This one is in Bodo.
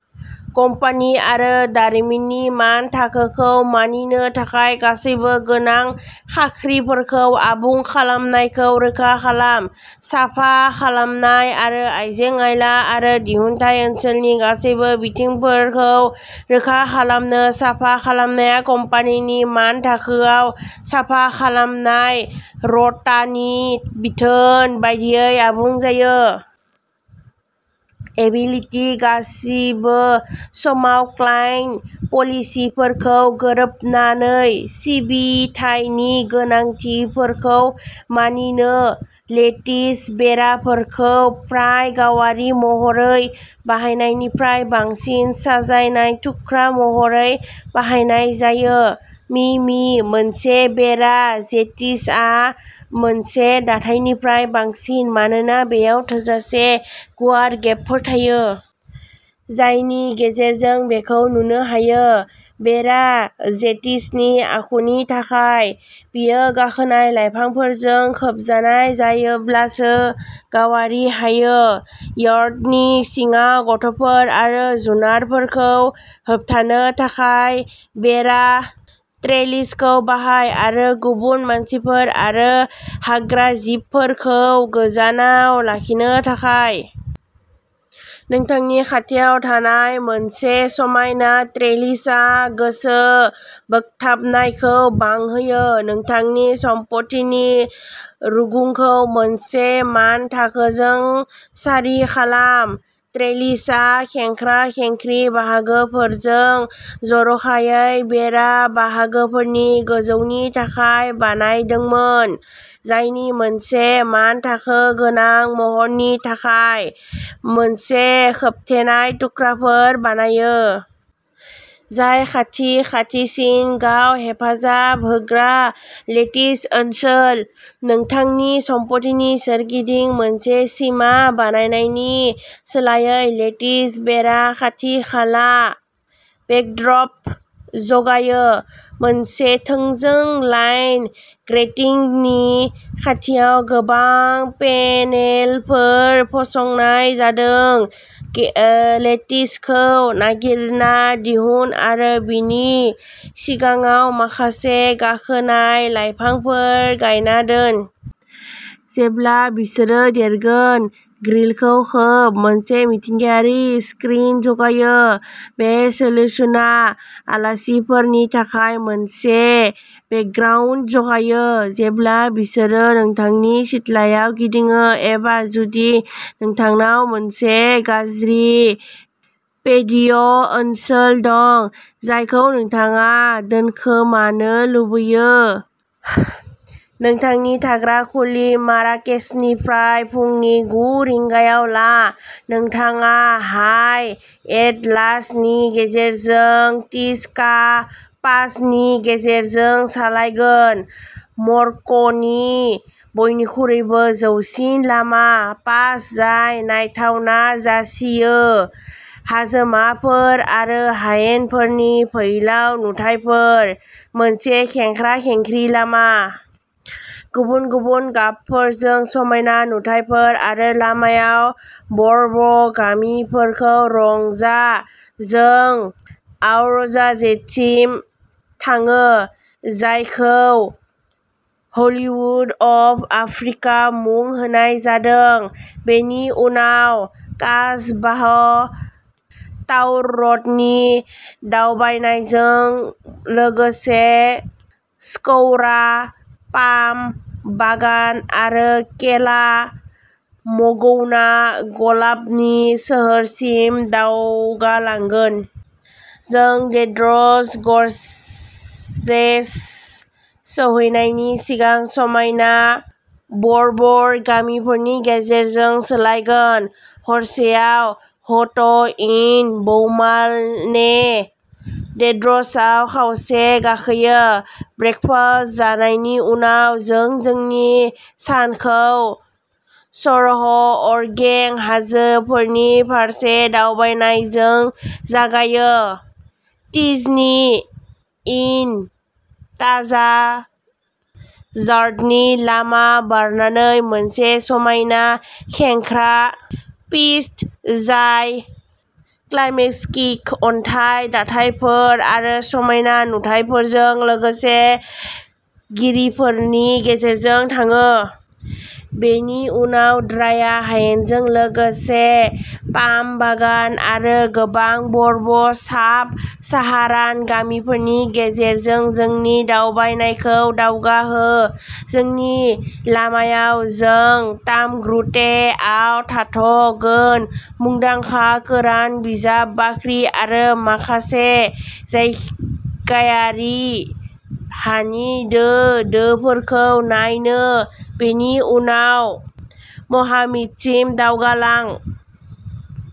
कम्पानि आरो दारिमिननि मानथाखोखौ मानिनो थाखाय गासैबो गोनां खाख्रिफोरखौ आबुं खालामनायखौ रोखा खालाम। साफा खालामनाय आरो आइजें-आइला आरो दिहुनथाय ओनसोलनि गासैबो बिथिंफोरखौ रोखा खालामनो साफा खालामनाया कम्पानिनि मानथाखोआव साफा खालामनाय र'टानि बिथोन बायदियै आबुं जायो। एबिलिटि गासिबो समाव क्लाइन्ट पलिसिफोरजों गोरोबनानै सिबिथायनि गोनांथिफोरखौ मानिनो। लेटिस बेराफोरखौ प्राय गावारि महरै बाहायनायनिफ्राय बांसिन साजायनाय थुख्रा महरै बाहायनाय जायो। मि मि मोनसे बेरा जेटिसआ मोनसे दाथायनिख्रुइ बांसिन। मानोना बेयाव थोजासे गुवार गेपफोर थायो। जायनि गेजेरजों बेखौ नुनो हायो। बेरा जेटिसनि आखुनि थाखाय। बेयो गाखोनाय लाइफांफोरजों खोबजानाय जायोब्लासो गावारि होयो। यार्डनि सिङाव गथ'फोर आरो जुनारफोरखौ होबथानो थाखाय बेरा ट्रेलिसखौ बाहाय। आरो गुबुन मानसिफोर आरो हाग्राजिबफोरखौ गोजानाव लाखिनो थाखाय। नोंथांनि खाथियाव थानाय मोनसे समायना ट्रेलिसआ गोसो बोगथाबनायखौ बांहोयो। नोंथांनि सम्पथिनि रुगुंखौ मोनसे मानथाखोजों सारि खालाम। ट्रेलिसआ खेंख्रा-खेंख्रि बाहागोफोरखौ जर'खायै बेरा बाहागोफोरनि गोजौनि थाखाय बानायदोंमोन। जायनि मोनसे मानथाखो गोनां महरनि थाखाय। मोनसे खोबथेनाय थुख्राफोर बानायो। जाय खाथि-खाथिसिन गाव-हेफाजाब होग्रा लेटिस ओनसोल। नोंथांनि सम्पथिनि सोरगिदिं मोनसे सिमा बानायनायनि सोलायै लेटिस बेरा खाथि-खाला बेकड्रप जगायो। मोनसे थोंजों लाइन ग्रेटिंगनि खाथियाव गोबां पेनेलफोर फसंनाय जादों। लेटिसखौ नागिरना दिहुन एबा बिनि सिगाङाव माखासे गाखोनाय लायफांफोर गायना दोन। जेब्ला बिसोरो देरगोन, ग्रिलखौ खोब, मोनसे मिथिंगायारि स्क्रिन जगायो। बे सोल्युशना आलासिफोरनि थाखाय मोनसे बेकग्राउन्ड जगायो। जेब्ला बिसोरो नोंथांनि सिथ्लायाव गिदिङो एबा जुदि नोंथांनाव मोनसे गाज्रि पेटिय' ओनसोल दं। जायखौ नोंथाङा दोनखोमानो लुगैयो। नोंथांनि थाग्रा खुलि माराकेसनिफ्राय फुंनि गु रिंगायाव ला। नोंथाङा हाइ एटलासनि गेजेरजों टिचका पास नि गेजेरजों सालायगोन। मरक्क'नि बयनिख्रुइबो गोजौसिन लामा पास जाय नायथावना जासियो। हाजोमाफोर आरो हायेनफोरनि फैलाव नुथायफोर। मोनसे खेंख्रा-खेंख्रि लामा। गुबुन-गुबुन गाबफोरजों समायना नुथायफोर आरो लामायाव बर्बर गामिफोरखौ रंजा। जों आउरजाजेटसिम थाङो। जायखौ हलीवुड अफ आफ्रिका मुं होनाय जादों। बेनि उनाव कासबाह ताउररटनि दावबायनायजों लोगोसे स्कौरा पाम बागान आरो केला मगौना गलाबनि सोहोरसिम दावगालांगोन। जों डेड्स गरजेस सौहैनायनि सिगां समायना बर्बर गामिफोरनि गेजेरजों सालायगोन। हरसेआव ह'ट इन बौमालने डेड्सआव खावसे गाखोयो। ब्रेकफास्ट जानायनि उनाव जों जोंनि सानखौ सरह' अरगें हाजोफोरनि फारसे दावबायनायजों जागायो। टिजनी एन ताजा जार्टनि लामा बारनानै मोनसे समायना खेंख्रा पिस्ट जाय क्लाइमेक्टिक अन्थाइ दाथायफोर आरो समायना नुथायफोरजों लोगोसे गिरिफोरनि गेजेरजों थाङो। बेनि उनाव द्राया हायेनजों लोगोसे पाम बागान आरो गोबां बर्बर साब साहारान गामिफोरनि गेजेरजों नोंनि दावबायनायखौ दावगाहो। जोंनि लामायाव जों तामग्रुटेआव थाथ'गोन मुंदांखा कोरान बिजाब बाख्रि आरो मोनसे जायगायारि हानि दो दोफोरखौ नायनो। बेनि उनाव म'हामिदसिम दावगालां।